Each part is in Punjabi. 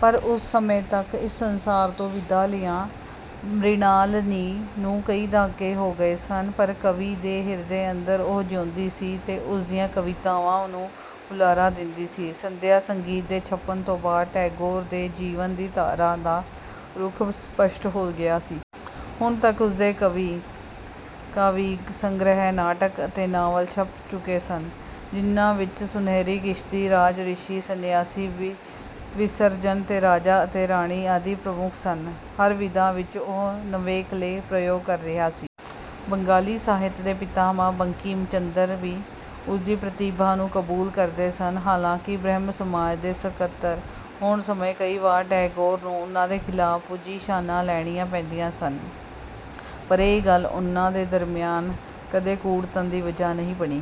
ਪਰ ਉਸ ਸਮੇਂ ਤੱਕ ਇਸ ਸੰਸਾਰ ਤੋਂ ਵਿਦਾ ਲਿਆਂ ਮ੍ਰਿਣਾਲਨੀ ਨੂੰ ਕਈ ਦਹਾਕੇ ਹੋ ਗਏ ਸਨ। ਪਰ ਕਵੀ ਦੇ ਹਿਰਦੇ ਅੰਦਰ ਉਹ ਜਿਉਂਦੀ ਸੀ ਤੇ ਉਸ ਦੀਆਂ ਕਵਿਤਾਵਾਂ ਨੂੰ ਹੁਲਾਰਾ ਦਿੰਦੀ ਸੀ। "ਸੰਧਿਆ-ਸੰਗੀਤ" ਦੇ ਛਪਣ ਤੋਂ ਬਾਦ ਟੈਗੋਰ ਦੇ ਜੀਵਨ ਦੀ ਧਾਰਾ ਦਾ ਰੁਖ ਸਪਸ਼ਟ ਹੋ ਗਿਆ ਸੀ। ਹੁਣ ਤਕ ਉਸਦੇ ਕਈ ਕਾਵਿ-ਸੰਗ੍ਰਿਹ, ਨਾਟਕ ਅਤੇ ਨਾਵਲ ਛਪ ਚੁਕੇ ਸਨ, ਜਿਨ੍ਹਾਂ ਵਿੱਚ ਸੁਨਹਿਰੀ ਕਿਸ਼ਤੀ, ਰਾਜਰਿਸ਼ੀ, ਸਨਿਆਸੀ, ਵਿਸਰਜਨ ਤੇ ਰਾਜਾ ਅਤੇ ਰਾਣੀ ਆਦਿ ਪ੍ਰਮੁੱਖ ਸਨ। ਹਰ ਵਿਧਾ ਵਿੱਚ ਉਹ ਨਵੇਕਲੇ ਪ੍ਰਯੋਗ ਕਰ ਰਿਹਾ ਸੀ। ਬੰਗਾਲੀ ਸਾਹਿਤ ਦੇ ਪਿਤਾਮਹ.. ਬੰਕਿਮ ਚੰਦਰ ਵੀ ਉਸਦੀ ਪ੍ਰਤਿਭਾ ਨੂੰ ਕਬੂਲ ਕਰਦੇ ਸਨ। ਹਾਲਾਂਕਿ ਬ੍ਰਹਮ-ਸਮਾਜ ਦੇ ਸਕਤਰ ਹੋਣ ਸਮੇਂ ਕਈ ਵਾਰ ਟੈਗੋਰ ਨੂੰ ਉਨ੍ਹਾ ਦੇ ਖਿਲਾਫ਼ ਪੁਜੀਸ਼ਾਨਾਂ ਲੈਣੀਆਂ ਪੈਂਦੀਆਂ ਸਨ। ਪਰ ਇਹ ਗੱਲ ਉਨ੍ਹਾ ਦੇ ਦਰਮਿਆਨ ਕਦੇ ਕੁੜਤਣ ਦੀ ਵਜਾਹ ਨਹੀਂ ਬਣੀ।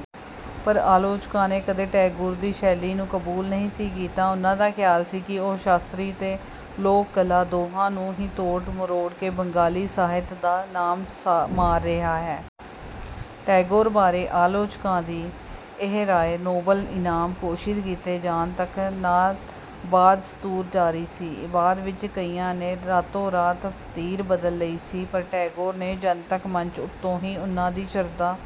ਪਰ ਆਲੋਚਕਾਂ ਨੇ ਕਦੇ ਟੈਗੋਰ ਦੀ ਸ਼ੈਲੀ ਨੂੰ ਕਬੂਲ ਨਹੀਂ ਸੀ ਕੀਤਾ। ਉਨ੍ਹਾਂ ਦਾ ਖਿਆਲ ਸੀ ਕਿ ਉਹ ਸ਼ਾਸਤਰੀ ਤੇ ਲੋਕ-ਕਲਾ ਦੋਹਾਂ ਨੂੰ ਹੀ ਤੋੜ-ਮਰੋੜ ਕੇ ਬੰਗਾਲੀ ਸਾਹਿਤ ਦਾ ਨਾਸ ਮਾਰ ਰਿਹਾ ਹੈ। ਟੈਗੋਰ ਬਾਰੇ ਆਲੋਚਕਾਂ ਦੀ ਇਹ ਰਾਇ ਨੋਬਲ-ਈਨਾਮ ਘੋਸ਼ਿਤ ਕੀਤੇ ਜਾਣ ਤਕ ਨਾਬਾਦਸਤੂਰ ਜਾਰੀ ਸੀ। ਬਾਦ ਵਿੱਚ ਕਈਆਂ ਨੇ ਰਾਤੋ-ਰਾਤ ਧਿਰ ਬਦਲ ਲਈ ਸੀ। ਪਰ ਟੈਗੋਰ ਨੇ ਜਨਤਕ ਮੰਚ ਉੱਤੋਂ ਹੀ ਉਨ੍ਹਾ ਦੀ ਸ਼ਰਧਾ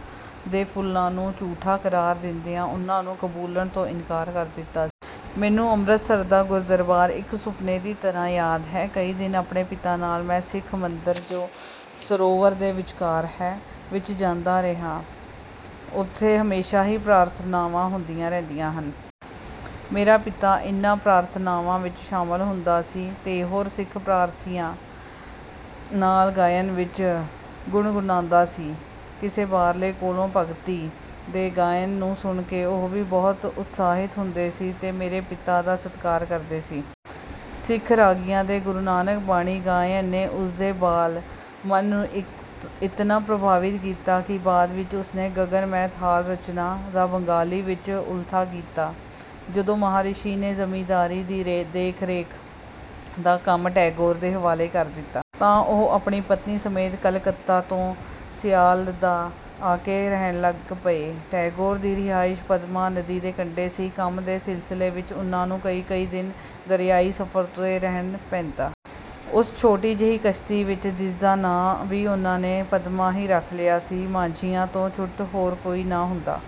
ਦੇ ਫੁੱਲਾਂ ਨੂੰ ਝੂਠਾ ਕਰਾਰ ਦਿੰਦਿਆਂ ਉਨ੍ਹਾਂ ਨੂੰ ਕਬੂਲਣ ਤੋਂ ਇਨਕਾਰ ਕਰ ਦਿੱਤਾ ਸੀ। ਮੈਨੂੰ ਅੰਮ੍ਰਿਤਸਰ ਦਾ ਗੁਰਦਰਬਾਰ ਇਕ ਸੁਪਨੇ ਦੀ ਤਰਾਂ ਯਾਦ ਹੈ। ਕਈ ਦਿਨ ਆਪਣੇ ਪਿਤਾ ਨਾਲ ਮੈਂ ਸਿੱਖ ਮੰਦਰ ਜੋ ਸਰੋਵਰ ਦੇ ਵਿਚਕਾਰ ਹੈ, ਵਿੱਚ ਜਾਂਦਾ ਰਿਹਾ। ਉਥੇ ਹਮੇਸ਼ਾ ਹੀ ਪ੍ਰਾਰਥਨਾਵਾਂ ਹੁੰਦੀਆਂ ਰਹਿੰਦੀਆਂ ਹਨ। ਮੇਰਾ ਪਿਤਾ ਇਨ੍ਹਾਂ ਪ੍ਰਾਰਥਨਾਵਾਂ ਵਿੱਚ ਸ਼ਾਮਲ ਹੁੰਦਾ ਸੀ ਤੇ ਹੋਰ ਸਿੱਖ ਪ੍ਰਾਰਥੀਆਂ ਨਾਲ ਗਾਇਨ ਵਿੱਚ ਗੁਣਗੁਨਾਂਉਦਾ ਸੀ। ਕਿਸੇ ਬਾਹਰਲੇ ਕੋਲੋਂ ਭਗਤੀ ਦੇ ਗਾਇਨ ਨੂੰ ਸੁਣ ਕੇ ਉਹ ਵੀ ਬਹੁਤ ਉਤਸਾਹਿਤ ਹੁੰਦੇ ਸੀ ਤੇ ਮੇਰੇ ਪਿਤਾ ਦਾ ਸਤਕਾਰ ਕਰਦੇ ਸੀ। ਸਿੱਖ ਰਾਗੀਆਂ ਦੇ ਗੁਰੂ ਨਾਨਕ ਬਾਣੀ ਗਾਇਨ ਨੇ ਉਸ ਦੇ ਬਾਲ ਮਨ ਨੂੰ ਇਤਨਾ ਪ੍ਰਭਾਵਿਤ ਕੀਤਾ ..ਕਿ ਬਾਦ ਵਿੱਚ ਉਸ ਨੇ " ਗਗਨ ਮੈਂ ਥਾਲ" ਰਚਨਾ ਦਾ ਬੰਗਾਲੀ ਵਿੱਚ ਉਲਥਾ ਕੀਤਾ। ਜਦੋ ਮਹਾਰਿਸ਼ੀ ਨੇ ਜ਼ਮੀਂਦਾਰੀ ਦੀ ਦੇਖਰੇਖ ਦਾ ਕੰਮ ਟੈਗੋਰ ਦੇ ਹਵਾਲੇ ਕਰ ਦਿੱਤਾ। ਤਾਂ ਉਹ ਆਪਣੀ ਪਤਨੀ ਸਮੇਤ ਕਲਕੱਤਾ ਤੋਂ ਸਿਆਲਦਾਅ ਆਕੇ ਰਹਿਣ ਲੱਗ ਪਏ। ਟੈਗੋਰ ਦੀ ਰਿਹਾਇਸ਼ ਪਦਮਾ ਨਦੀ ਦੇ ਕੰਡੇ ਸੀ। ਕੰਮ ਦੇ ਸਿਲਸਿਲੇ ਵਿੱਚ ਉਨ੍ਹਾ ਨੂੰ ਕਈ-ਕਈ ਦਿਨ ਦਰਿਆਈ ਸਫ਼ਰ 'ਤੇ ਰਹਿਣ ਪੈਂਦਾ। ਉਸ ਛੋਟੀ ਜਿਹੀ ਕਸ਼ਤੀ ਵਿੱਚ, ਜਿਸਦਾ ਨਾਂ ਵੀ ਉਨ੍ਹਾ ਨੇ ਪਦਮਾ ਹੀ ਰੱਖ ਲਿਆ ਸੀ, ਮਾਂਝੀਆਂ ਤੋਂ ਛੁੱਟ ਹੋਰ ਕੋਈ ਨਾ ਹੁੰਦਾ।